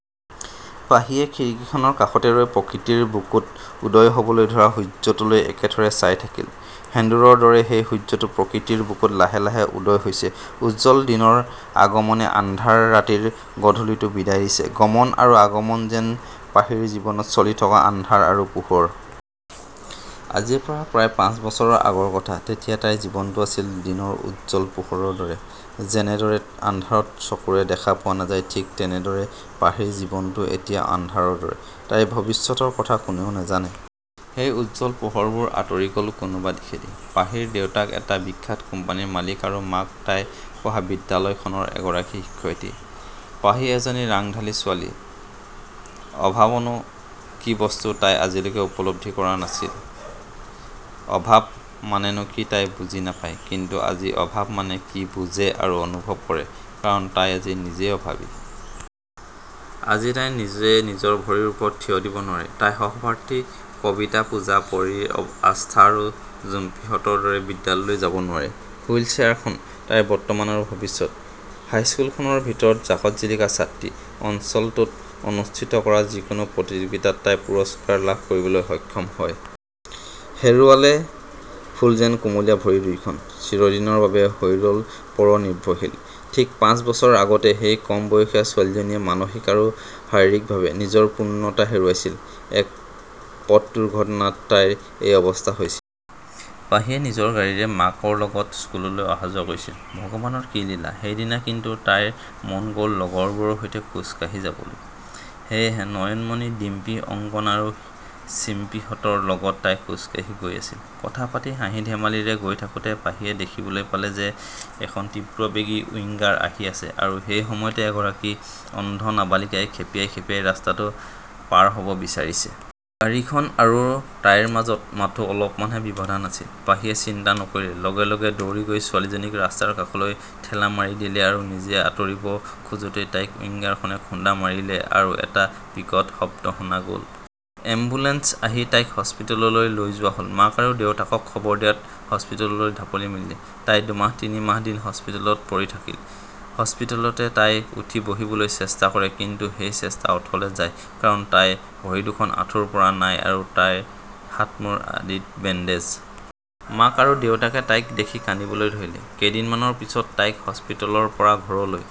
পাহিয়ে খিৰিকীখনৰ কাষতে ৰৈ প্ৰকৃতিৰ বুকুত উদয় হ'বলৈ ধৰা সূৰ্যটোলৈ একেথৰে চাই থাকিল। সেন্দুৰৰ দৰে সেই সূৰ্যটো প্ৰকৃতিৰ বুকুত লাহে লাহে উদয় হৈছে। উজ্জ্বল দিনৰ আগমনে আন্ধাৰ ৰাতিৰ গধূলিটো বিদায় দিছে। গমন আৰু আগমন যেন পাহিৰ জীৱনত চলি থকা আন্ধাৰ আৰু পােহৰ। আজিৰ পৰা প্ৰায় পাঁচ বছৰৰ আগৰ কথা। তেতিয়া তাইৰ জীৱনটো আছিল দিনৰ উজ্জ্বল। পােহৰৰ দৰে। যেনেদৰে আন্ধাৰত চকুৰে দেখা পােৱা নাযায় ঠিক তেনেদৰে পাহিৰ জীৱনটো এতিয়া আন্ধাৰৰ দৰে। তাইৰ ভৱিষ্যতৰ কথা কোনেও নাজানে। সেই উজ্জ্বল পোহৰবােৰ আঁতৰি গ'ল কোনােবা দিশেদি। পাহিৰ দেউতাক এটা বিখ্যাত কোম্পানীৰ মালিক আৰু মাক তাই পঢ়া বিদ্যালয়খনৰ এগৰাকী শিক্ষয়িত্ৰী। পাহি এজনী ৰাংঢালী ছােৱালী। অভাৱনাে কি বস্তু তাই আজিলৈকে উপলব্ধি কৰা নাছিল। অভাৱ মানেননা কি তাই বুজি নাপায়, কিন্তু আজি অভাৱ মানে কি বুজে আৰু অনুভৱ কৰে কাৰণ তাই আজি নিজইে অভাৱী। আজি তাই নিজে নিজৰ ভৰিৰ ওপৰত থিয় দিব নােৱাৰে। তাই সহপাঠী কবিতা, পূজা, পৰী, আস্থা আৰু জুম্পীহঁতৰ দৰে বিদ্যালয়লৈ যাব নােৱাৰে। হুইল চেয়াৰখন তাইৰ বৰ্তমান আৰু ভৱিষ্যত। হাইস্কুলখনৰ ভিতৰত জাকত-জিলিকা ছাত্ৰী। অঞ্চলটোত অনুষ্ঠিত কৰা যিকোনাে প্ৰতিযােগিতাত তাই পুৰস্কাৰ লাভ কৰিবলৈ সক্ষম হয়। হেৰুৱালে ফুল যেন কুমলীয়া ভৰি দুইখন। চিৰদিনৰ বাবে হৈ ৰ'ল পৰ নিৰ্ভৰশীল। ঠিক পাঁচ বছৰৰ আগতে সেই কম বয়সীয়া ছােৱালীজনীয়ে মানসিক আৰু শাৰীৰিকভাৱে নিজৰ পূৰ্ণতা হেৰুৱাইছিল। এক পথ দুৰ্ঘটনাত তাইৰ এই অৱস্থা হৈছিল। পাহিয়ে নিজৰ গাড়ীৰে মাকৰ লগত স্কুললৈ অহা-যােৱা কৰিছিল। ভগৱানৰ কি লীলা। সেইদিনা কিন্তু তাইৰ মন গ'ল লগৰবােৰৰ সৈতে খােজ কাঢ়ি যাবলৈ। সেয়েহে নয়নমণি, ডিম্পী, অংগনা আৰু চিল্পীহঁতৰ লগত তাই খােজকাঢ়ি গৈ আছিল। কথা পাতি, হাঁহি-ধেমালিৰে গৈ থাকোতে পাহিয়ে দেখিবলৈ পালে যে এখন তীব্ৰবেগী উইংগাৰ আহি আছে আৰু সেই সময়তে এগৰাকী অন্ধ নাবালিকাই খেপিয়াই খেপিয়াই ৰাস্তাটো পাৰ হ'ব বিচাৰিছে। গাড়ীখন আৰু তাইৰ মাজত মাথাে, অলপমানহে ব্যৱধান আছিল। পাহিয়ে চিন্তা নকৰিলে, লগে লগে দৌৰি গৈ ছােৱালীজনীক ৰাস্তাৰ কাষলৈ ঠেলা মাৰি দিলে আৰু নিজে আঁতৰিব খােজোতেই তাইক উইংগাৰখনে খুন্দা মাৰিলে আৰু এটা বিকট শব্দ শুনা গ'ল। এম্বুলেঞ্চ আহি তাইক হস্পিতাললৈ লৈ যােৱা হ'ল। মাক আৰু দেউতাকক খবৰ দিয়াত হস্পিতাললৈ ঢাপলি মেলিলে। তাই দুমাহ-তিনিমাহ দিন হস্পিতালত পৰি থাকিল। হস্পিতালতে তাই উঠি বহিবলৈ চেষ্টা কৰে কিন্তু সেই চেষ্টা অথলে যায় কাৰণ তাইৰ ভৰি দুখন আঁঠুৰ পৰা নাই আৰু তাইৰ হাত-মূৰ আদিত বেণ্ডেজ। মাক আৰু দেউতাকে তাইক দেখি কান্দিব ধৰিলে। কেইদিনমানৰ পিছত তাইক হস্পিতালৰ পৰা ঘৰলৈ